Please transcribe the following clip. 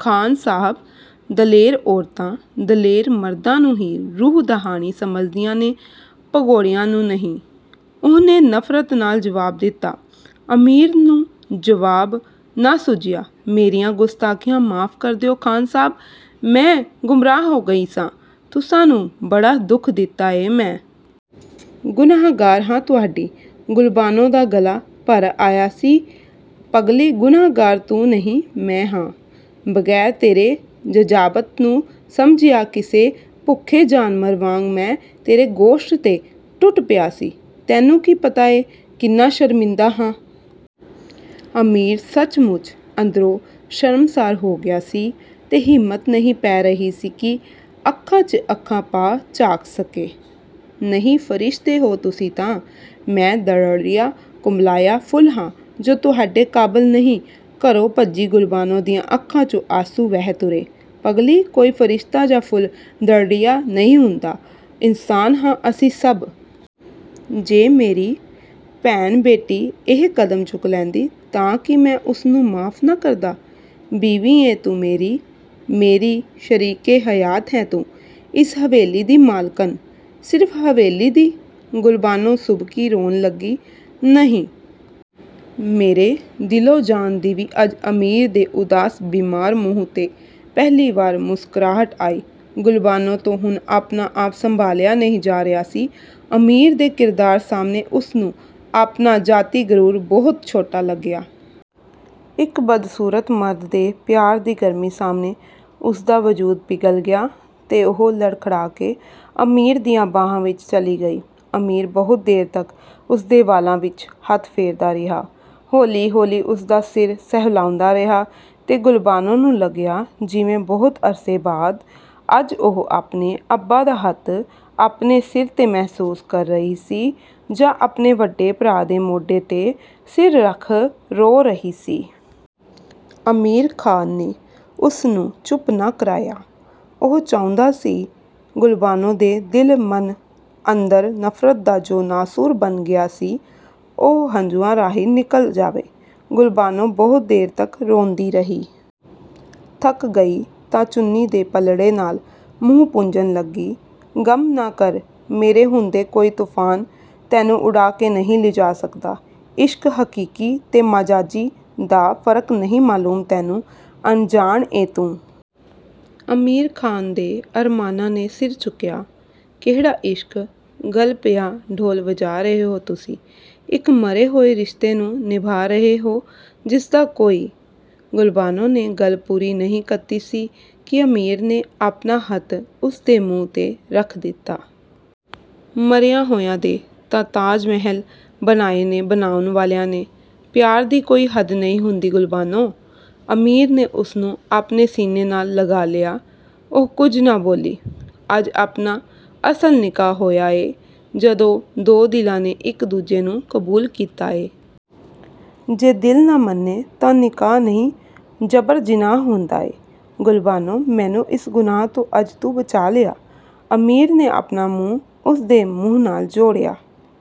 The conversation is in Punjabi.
"ਖ਼ਾਨ ਸਾਹਬ ਦਲੇਰ ਔਰਤਾ, ਦਲੇਰ ਮਰਦਾ ਨੂੰ ਹੀ ਰੂਹ ਦਾ ਹਾਣੀ ਸਮਝਦੀਆਂ ਨੇ ਭਗੋੜਿਆਂ ਨੂੰ ਨਹੀਂ "… ਉਹਨੇ ਨਫਰਤ ਨਾਲ ਜਵਾਬ ਦਿਤਾ….. ਅਮੀਰ ਨੂੰ ਜੁਵਾਬ ਨਾ ਸੁੱਝਿਆ। "ਮੇਰੀਆਂ ਗੁਸਤਾਖ਼ੀਆਂ ਮਾਫ਼ ਕਰ ਦਿਉ ਖਾਨ ਸਾਹਬ… ਮੈਂ ਗੁੰਮਰਾਹ ਹੋ ਗਈ ਸਾਂ… ਤੁਸਾਂ ਨੂੰ ਬੜਾ ਦੁੱਖ ਦਿਤਾ ਏ ਮੈਂ। ਗੁਨਾਹਗਾਰ ਹਾਂ ਤੁਹਾਡੀ"…. ਗੁਲਬਾਨੋ ਦਾ ਗਲਾ ਭਰ ਆਇਆ ਸੀ। "ਪਗਲੀ"… ਗੁਨਾਹਗਾਰ ਤੂੰ ਨਹੀਂ ਮੈਂ ਹਾਂ। ਬਗੈਰ ਤੇਰੇ ਜਜ਼ਬਾਤ ਨੂੰ ਸਮਝਿਆਂ ਕਿਸੇ ਭੁੱਖੇ ਜਾਨਵਰ ਵਾਂਗ ਮੈਂ ਤੇਰੇ ਗੋਸ਼ਤ 'ਤੇ ਟੁੱਟ ਪਿਆ ਸੀ.. ਤੈਨੂੰ ਕੀ ਪਤਾ ਏਂ ਕਿੰਨਾ ਸ਼ਰਮਿੰਦਾਂ ਹਾਂ। ਅਮੀਰ ਸੱਚਮੁੱਚ ਅੰਦਰੋਂ ਸ਼ਰਮਸਾਰ ਹੋ ਗਿਆ ਸੀ ਤੇ ਹਿੰਮਤ ਨਹੀ ਪੈ ਰਹੀ ਸੀ ਕਿ ਅੱਖਾਂ, ਚ' ਅੱਖਾ ਪਾ ਝਾਕ ਸਕੇ। "ਨਹੀਂ.. ਫਰਿਸ਼ਤੇ ਹੋ ਤੁਸੀ ਤਾਂ.. ਮੈਂ ਦਰੜਿਆ, ਕੁਮਲਾਇਆ ਫੁੱਲ ਹਾਂ ਜੋ ਤੁਹਾਡੇ ਕਾਬਲ ਨਹੀ, ਘਰੋ ਭੱਜੀ"ਗੁਲਬਾਨੋ ਦੀਆਂ ਅੱਖਾਂ, ਚੋਂ 'ਆਂਸੂ ਵਹਿ ਤੁਰੇ… "ਪਗਲੀ ਕੋਈ ਫਰਿਸ਼ਤਾ ਜਾਂ ਫੁੱਲ ਦ੍ਰੜਿਆ ਨਹੀ ਹੁੰਦਾਂ, ਇਨਸਾਨ ਹਾਂ ਅਸੀ ਸੱਭ.. ਜੇ ਮੇਰੀ ਭੈਣ-ਬੇਟੀ ਇਹ ਕਦਮ ਚੁੱਕ ਲੈਂਦੀ ਤਾਂ ਕੀ ਮੈਂ ਉਸਨੂੰ ਮਾਫ਼ ਨਾ ਕਰਦਾ! ਬੀਵੀ ਏਂ ਤੂੰ ਮੇਰੀ.. ਮੇਰੀ ਸ਼ਰੀਕੇ ਹਯਾਤ ਹੈ ਤੂੰ.. ਇਸ ਹਵੇਲੀ ਦੀ ਮਾਲਕਣ" "ਸਿਰਫ ਹਵੇਲੀ ਦੀ".. ਗੁਲਬਾਨੋ ਸੁਬਕੀ ਰੋਣ ਲੱਗੀ… "ਨਹੀ.. ਮੇਰੇ ਦਿਲੋਂ ਜਾਨ ਦੀ ਵੀ"ਅੱਜ ਅਮੀਰ ਦੇ ਉਦਾਸ, ਬੀਮਾਰ ਮੂੰਹ ਤੇਂ ਪਹਿਲੀ ਵਾਰ ਮੁਸਕ੍ਰਾਹਟ ਆਈ। ਗੁਲਬਾਨੋ ਤੋਂ ਹੁਣ ਆਪਣਾ ਆਪ ਸੰਭਾਲਿਆ ਨਹੀ ਜਾ ਰਿਹਾ ਸੀ। ਅਮੀਰ ਦੇ ਕਿਰਦਾਰ ਸਾਹਮਣੇ ਉਸਨੂੰ ਆਪਣਾ ਜਾਤੀ ਗਰੂਰ ਬਹੁਤ ਛੋਟਾ ਲੱਗਿਆ। ਇਕ ਬਦਸੂਰਤ ਮਰਦ ਦੇ ਪਿਆਰ ਦੀ ਗਰਮੀ ਸਾਹਮਣੇ ਉਸਦਾ ਵਜੂਦ ਪਿਘਲ ਗਿਆ ਤੇ ਉਹ ਲੜਖੜਾ ਕੇ ਅਮੀਰ ਦੀਆਂ ਬਾਹਾਂ ਵਿੱਚ ਚਲੀ ਗਈ। ਅਮੀਰ ਬਹੁਤ ਦੇਰ ਤੱਕ ਉਸਦੇ ਵਾਲਾਂ ਵਿੱਚ ਹੱਥ ਫੇਰਦਾ ਰਿਹਾ। ਹੌਲੀ ਹੌਲੀ ਉਸਦਾ ਦਾ ਸਿਰ ਸਹਿਲਾਓਦਾਂ ਰਿਹਾ ਤੇ ਗੁਲਬਾਨੋ ਨੂੰ ਲੱਗਿਆ ਜਿਵੇਂ ਬਹੁਤ ਅਰਸੇ ਬਾਅਦ ਅੱਜ ਉਹ ਆਪਣੇ ਅੱਬਾ ਦਾ ਹੱਥ ਆਪਣੇ ਸਿਰ 'ਤੇ ਮਹਿਸੂਸ ਕਰ ਰਹੀ ਸੀ ਜਾਂ ਆਪਣੇ ਵੱਡੇ ਭਰਾ ਦੇ ਮੋਢੇ 'ਤੇ ਸਿਰ ਰੱਖ ਰੋ ਰਹੀ ਸੀ। ਅਮੀਰ ਖਾਨ ਨੇ ਉਸ ਨੂੰ ਚੁੱਪ ਨਾ ਕਰਾਇਆ। ਉਹ ਚਾਹੁੰਦਾ ਸੀ ਗੁਲਬਾਨੋ ਦੇ ਦਿਲ-ਮਨ ਅੰਦਰ ਨਫਰਤ ਦਾ ਜੋ ਨਾਸੂਰ ਬਣ ਗਿਆ ਸੀ, ਉਹ ਹੰਝੂਆਂ ਰਾਹੀ ਨਿਕਲ ਜਾਵੇ। ਗੁਲਬਾਨੋ ਬਹੁਤ ਦੇਰ ਤੱਕ ਰੋਂਦੀ ਰਹੀ। ਥੱਕ ਗਈ ਤਾਂ ਚੁੰਨੀ ਦੇ ਪਲੜੇ ਨਾਲ ਮੂੰਹ ਪੂੰਝਣ ਲੱਗੀ…। "ਗਮ ਨਾ ਕਰ "… ਮੇਰੇ ਹੁੰਦੇ ਕੋਈ ਤੂਫਾਨ ਤੈਨੂੰ ਉਡਾ ਕੇ ਨਹੀ ਲਿਜਾ ਸਕਦਾ।….. "ਇਸ਼ਕ ਹਕੀਕੀ ਤੇ ਮਾਜਾਜੀ ਦਾ ਫਰਕ ਨਹੀਂ ਮਲੂਮ ਤੈਨੂੰ… ਅਨਜਾਨ ਏਂ ਤੂੰ "..! ਅਮੀਰ ਖਾਨ ਦੇ ਅਰਮਾਨਾਂ ਨੇ ਸਿਰ ਚੁਕਿਆ। "ਕਿਹੜਾ ਇਸ਼ਕ"…! ਗਲ ਪਿਆ ਢੋਲ ਵਜਾ ਰਹੇ ਹੋਂ ਤੁਸੀ। ਇਕ ਮਰੇ ਹੋਏ ਰਿਸ਼ਤੇ ਨੂੰ ਨਿਭਾ ਰਹੇ ਹੋ….. ਜਿਸ ਦਾ ਕੋਈ…!! ਗੁਲਬਾਨੋ ਨੇ ਗੱਲ ਪੂਰੀ ਨਹੀਂ ਕੀਤੀ ਸੀ ਕਿ ਅਮੀਰ ਨੇ ਆਪਣਾ ਹੱਥ ਉਸ ਦੇ ਮੂੰਹ ਤੇ ਰੱਖ ਦਿਤਾ…..। "ਮਰਿਆਂ ਹੋਇਆਂ ਦੇ 'ਤਾਂ ਤਾਜਮਹਿਲ ਬਣਾਏ ਨੇ… ਬਣਾਉਣ ਵਾਲਿਆਂ ਨੇ…. ਪਿਆਰ ਦੀ ਕੋਈ ਹੱਦ ਨਹੀ ਹੁੰਦੀ ਗੁਲਬਾਨੋ "…. ਅਮੀਰ ਨੇ ਉਸਨੂੰ ਆਪਣੇ ਸੀਨੇ ਨਾਲ ਲਗਾ ਲਿਆ, ਉਹ ਕੁਝ ਨਾ ਬੋਲੀ। "ਅੱਜ ਆਪਣਾ ਅਸਲ ਨਿਕਾਹ ਹੋਇਆ ਏਂ ਜਦੋਂ ਦੋ ਦਿਲਾਂ ਨੇ ਇੱਕ ਦੂਜੇ ਨੂੰ ਕਬੂਲ ਕੀਤਾ ਏਂ। ਜੇ ਦਿਲ ਨਾ ਮੰਨੇ ਤਾਂ ਨਿਕਾਹ ਨਹੀ ਜਬਰਜਿਨਾਹ ਹੁੰਦਾਂ ਏਂ। ਗੁਲਬਾਨੋ ਮੈਨੂੰ ਇਸ ਗੁਨਾਹ ਤੋਂ ਅੱਜ ਤੂੰ ਬਚਾ ਲਿਆ …। ਅਮੀਰ ਨੇ ਆਪਣਾ ਮੂੰਹ ਉਸਦੇ ਮੂੰਹ ਨਾਲ ਜੋੜਿਆ।